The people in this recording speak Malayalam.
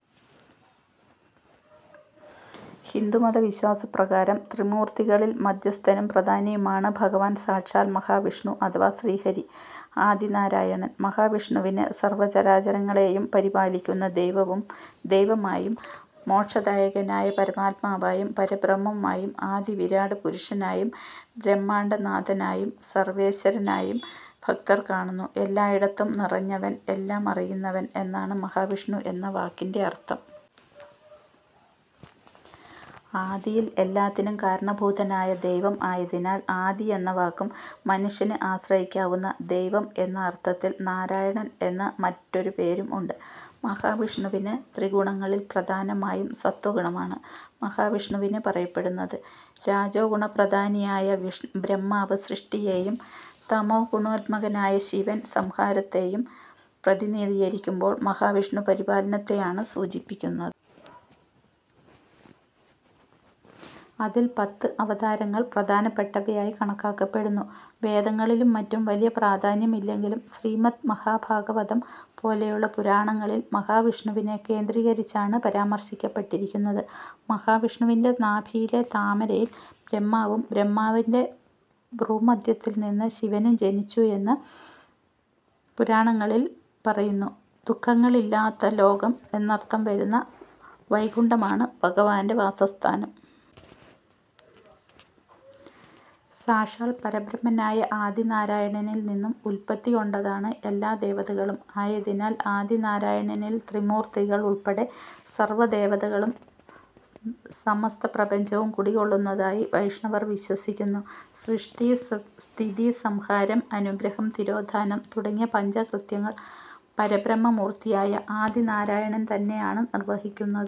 ഹിന്ദുമത വിശ്വാസപ്രകാരം ത്രിമൂർത്തികളിൽ മധ്യസ്ഥനും, പ്രധാനിയുമാണ് ഭഗവാൻ സാക്ഷാൽ മഹാവിഷ്ണു അഥവാ ശ്രീഹരി ആദിനാരായണൻ. ' മഹാ വിഷ്ണുവിനെ സർവ്വചരാചരങ്ങളെയും പരിപാലിക്കുന്ന ദൈവമായും മോക്ഷദായകനായ "പരമാത്മാവായും", "പരബ്രഹ്മം ആയും", "ആദി വിരാട് പുരുഷനായും", "ബ്രഹ്മാണ്ഡനാഥനായും", "സർവ്വേശ്വരനായും" ഭക്തർ കാണുന്നു. "എല്ലായിടത്തും നിറഞ്ഞവൻ", "എല്ലാം അറിയുന്നവൻ" എന്നാണ് മഹാവിഷ്ണു എന്ന വാക്കിന്റെ അർത്ഥം. ആദിയിൽ എല്ലാത്തിനും കാരണഭൂതനായ ദൈവം ആയതിനാൽ "ആദി" എന്ന വാക്കും; "മനുഷ്യന് ആശ്രയിക്കാവുന്ന ദൈവം" എന്ന അർത്ഥത്തിൽ "നാരായണൻ" എന്ന് മറ്റൊരു പേരും ഉണ്ട് മഹാവിഷ്ണുവിന്. ത്രിഗുണങ്ങളിൽ പ്രധാനമായും സത്വഗുണമാണ് മഹാവിഷ്ണുവിന് പറയപ്പെടുന്നത്. രജോഗുണപ്രധാനിയായ ബ്രഹ്മാവ് സൃഷ്ടിയേയും തമോഗുണാത്മകനായ ശിവൻ സംഹാരത്തേയും പ്രതിനിധീകരിക്കുമ്പോൾ മഹാവിഷ്ണു പരിപാലനത്തെയാണ് സൂചിപ്പിക്കുന്നത്. അതിൽ പത്ത് അവതാരങ്ങൾ പ്രധാനപ്പെട്ടവയായി കണക്കാക്കപ്പെടുന്നു. വേദങ്ങളിലും മറ്റും വലിയ പ്രാധാന്യം ഇല്ലെങ്കിലും ശ്രീമദ് മഹാഭാഗവതം പോലെയുള്ള പുരാണങ്ങളിൽ മഹാവിഷ്ണുവിനെ കേന്ദ്രീകരിച്ചാണ് പരാമർശിക്കപ്പെട്ടിരിക്കുന്നത്. മഹാവിഷ്ണുവിന്റെ നാഭിയിലെ താമരയിൽ ബ്രഹ്മാവും ബ്രഹ്മാവിന്റെ ഭ്രൂമധ്യത്തിൽനിന്ന് ശിവനും ജനിച്ചു എന്ന് പുരാണങ്ങളിൽ പറയുന്നു. ദുഃഖങ്ങളില്ലാത്ത ലോകം എന്നർത്ഥം വരുന്ന "വൈകുണ്ഠമാണ്" ഭഗവാന്റെ വാസസ്ഥാനം. സാക്ഷാൽ പരബ്രഹ്മനായ ആദിനാരായണനിൽ നിന്നു ഉൽപത്തി കൊണ്ടതാണ് എല്ലാ ദേവതകളും ആയതിനാൽ ആദിനാരായണനിൽ ത്രിമൂർത്തികൾ ഉൾപ്പെടെ സർവ്വ ദേവതകളും, സമസ്ഥപ്രപഞ്ചവും കുടികൊള്ളുന്നതായി വൈഷ്ണവർ വിശ്വസിക്കുന്നു. സൃഷ്ടി, സ്ഥിതി, സംഹാരം, അനുഗ്രഹം, തിരോധാനം തുടങ്ങിയ പഞ്ചകൃത്യങ്ങൾ പരബ്രഹ്മ മൂർത്തിയായ ആദിനാരായണൻതന്നെ ആണ് നിർവഹിക്കുന്നത്.